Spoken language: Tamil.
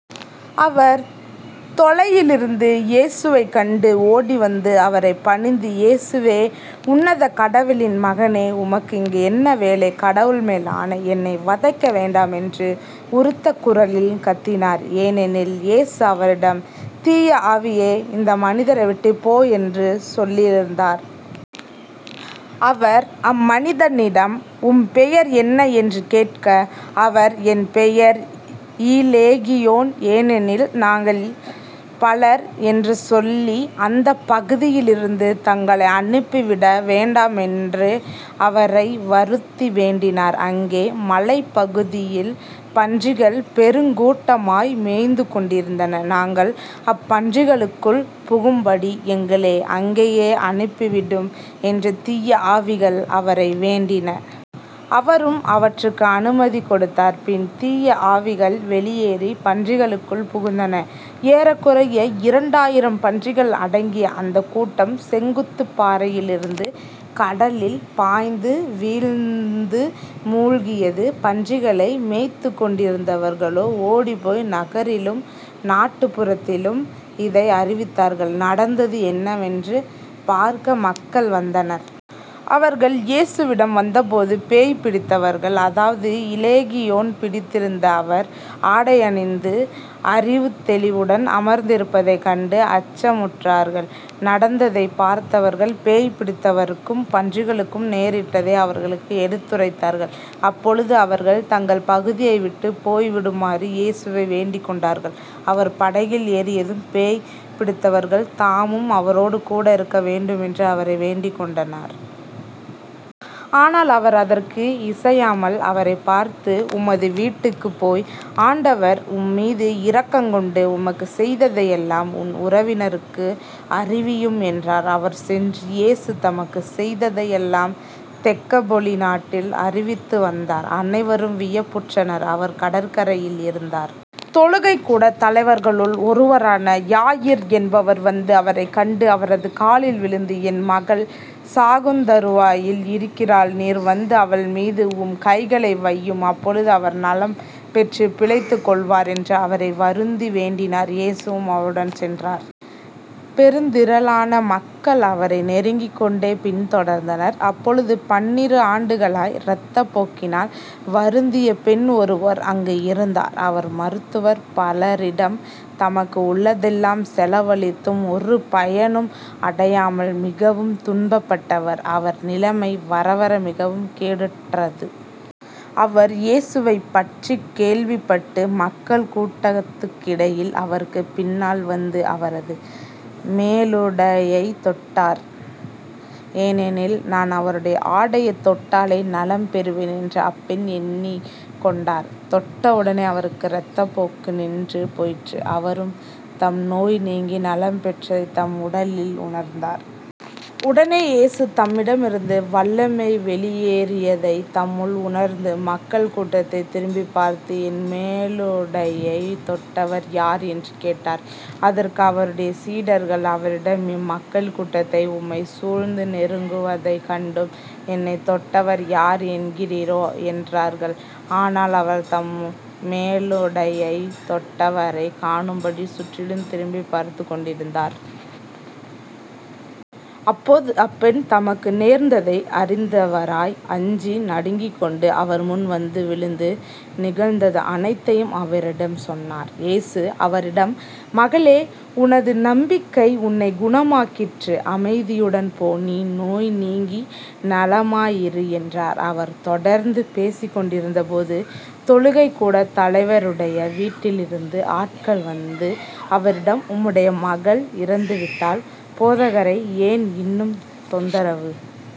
அவர் தொலையிலிருந்து இயேசுவைக் கண்டு ஓடிவந்து அவரைப் பணிந்து இயேசுவே உன்னத கடவுளின் மகனே உமக்கு இங்கு என்ன வேலை? கடவுள் மேல் ஆணை. என்னை வதைக்க வேண்டாம் என்று உரத்த குருலில் கத்தினார். ஏனெனில் இயேசு அவரிடம் தீய ஆவியே இந்த மனிதரை விட்டுப் போ என்று சொல்லியிருந்தார். அவர் அம்மனிதிடம் உம் பெயர் என்ன? என்று கேட்க அவர் என் பெயர் இலேகியோன் ஏனெனில் நாங்கள் பலர் என்று சொல்லி அந்தப் பகுதியிலிருந்து தங்களை அனுப்பிவிட வேண்டாமென்று அவரை வருந்தி வேண்டினார். அங்கே மலைப்பகுதியில் பன்றிகள் பெருங் கூட்டமாய் மேய்ந்து கொண்டிருந்தன. நாங்கள் அப்பன்றிகளுக்குள் புகும்படி எங்களை அங்கே அனுப்பிவிடும் என்று தீய ஆவிகள் அவரை வேண்டின. அவரும் அவற்றுக்கு அனுமதி கொடுத்தார். பின் தீய ஆவிகள் வெளியேறிப் பன்றிகளுக்குள் புகுந்தன. ஏறக்குறைய இரண்டாயிரம் பன்றிகள் அடங்கிய அந்தக் கூட்டம் செங்குத்துப் பாறையிலிருந்து கடலில் பாய்ந்து வீழ்ந்து மூழ்கியது. பன்றிகளை மேய்த்துக்கொண்டிருந்தவர்களோ ஓடிப்போய் நகரிலும் நாட்டுப்புறத்திலும் இதை அறிவித்தார்கள். நடந்தது என்னவென்று பார்க்க மக்கள் வந்தனர். அவர்கள் இயேசுவிடம் வந்தபோது பேய் பிடித்திருந்தவர் அதாவது இலேகியோன் பிடித்திருந்த அவர் ஆடையணிந்து அறிவுத் தெளிவுடன் அமர்ந்திருப்பதைக் கண்டு அச்சமுற்றார்கள். நடந்ததைப் பார்த்தவர்கள் பேய் பிடித்தவருக்கும் பன்றிகளுக்கும் நேரிட்டதை அவர்களுக்கு எடுத்துரைத்தார்கள். அப்பொழுது அவர்கள் தங்கள் பகுதியை விட்டுப் போய்விடுமாறு இயேசுவை வேண்டிக்கொண்டார்கள். அவர் படகில் ஏறியதும் பேய் பிடித்திருந்தவர் தாமும் அவரோடு கூட இருக்க வேண்டும் என்று அவரை வேண்டிக்கொண்டார். ஆனால் அவர் அதற்கு இசையாமல், அவரைப் பார்த்து உமது வீட்டிற்குப் போய் ஆண்டவர் உம்மீது இரக்கங் கொண்டு உமக்குச் செய்ததையெல்லாம் உம் உறவினருக்கு அறிவியும் என்றார். அவர் சென்று இயேசு தமக்குச் செய்ததையெல்லாம் தெக்கப்பொலி நாட்டில் அறிவித்து வந்தார். அனைவரும் வியப்புற்றனர். அவர் கடற்கரையில் இருந்தார். தொழுகைக் கூடத் தலைவர்களுள் ஒருவரான யாயிர் என்பவர் வந்து அவரைக் கண்டு அவரது காலில் விழுந்து என் மகள் சாகுந்தறுவாயில் இருக்கிறாள். நீர் வந்து அவள்மீது உம் கைகளை வையும். அப்போது அவள் நலம் பெற்றுப் பிழைத்துக்கொள்வாள் என்று அவரை வருந்தி வேண்டினார். இயேசுவும் அவருடன் சென்றார். பெருந்திரளான மக்கள் அவரை நெருக்கிக் கொண்டே பின்தொடர்ந்தனர். அப்போது பன்னிரு ஆண்டுகளாய் இரத்தப் போக்கினால் வருந்திய பெண் ஒருவர் அங்கு இருந்தார். அவர் மருத்துவர் பலரிடம் தமக்கு உள்ளதெல்லாம் செலவழித்தும் ஒரு பயனும் அடையாமல் மிகவும் துன்பப்பட்டவர். அவர் நிலைமை வர வர மிகவும் கேடுற்றது. அவர் இயேசுவைப்பற்றிக் கேள்விப்பட்டு மக்கள் கூட்டத்துக்கிடையில் அவருக்குப் பின்னால் வந்து அவரது மேலுடையைத் தொட்டார். ஏனெனில் நான் அவருடைய ஆடையைத் தொட்டாலே நலம் பெறுவேன் என்று அப்பெண் எண்ணிக் கொண்டார். தொட்ட உடனே அவருடைய இரத்தப் போக்கு நின்று போயிற்று. அவரும் தம் நோய் நீங்கி நலம் பெற்றதைத் தம் உடலில் உணர்ந்தார். உடனே இயேசு தம்மிடமிருந்து வல்லமை வெளியேறியதைத் தம்முள் உணர்ந்து மக்கள் கூட்டத்தைத் திரும்பிப் பார்த்து,"என் மேலுடையைத் தொட்டவர் யார்? என்று கேட்டார். அதற்கு அவருடைய சீடர்கள் அவரிடம் இம்மக்கள் கூட்டம் உம்மைச் சூழ்ந்து நெருக்குவதைக் கண்டும் என்னைத் தொட்டவர் யார்? " என்கிறீரே. என்றார்கள். ஆனால் அவர் தம் மேலுடையைத் தொட்டவரைக் காணும்படி சுற்றிலும் திரும்பிப் பார்த்துக் கொண்டிருந்தார். அப்போது அப்பெண் தமக்கு நேர்ந்ததை அறிந்தவராய், அஞ்சி நடுங்கிக்கொண்டு, அவர்முன் வந்து விழுந்து, நிகழ்ந்தது அனைத்தையும் அவரிடம் சொன்னார். இயேசு அவரிடம் மகளே உனது நம்பிக்கை உன்னைக் குணமாக்கிற்று. அமைதியுடன் போ. நீ நோய் நீங்கி நலமாயிரு என்றார். அவர் தொடர்ந்து பேசிக்கொண்டிருந்தபோது, தொழுகைக் கூடத் தலைவருடைய வீட்டிலிருந்து ஆள்கள் வந்து, அவரிடம் உம்முடைய மகள் இறந்துவிட்டாள். போதகரை ஏன் இன்னும் தொந்தரவு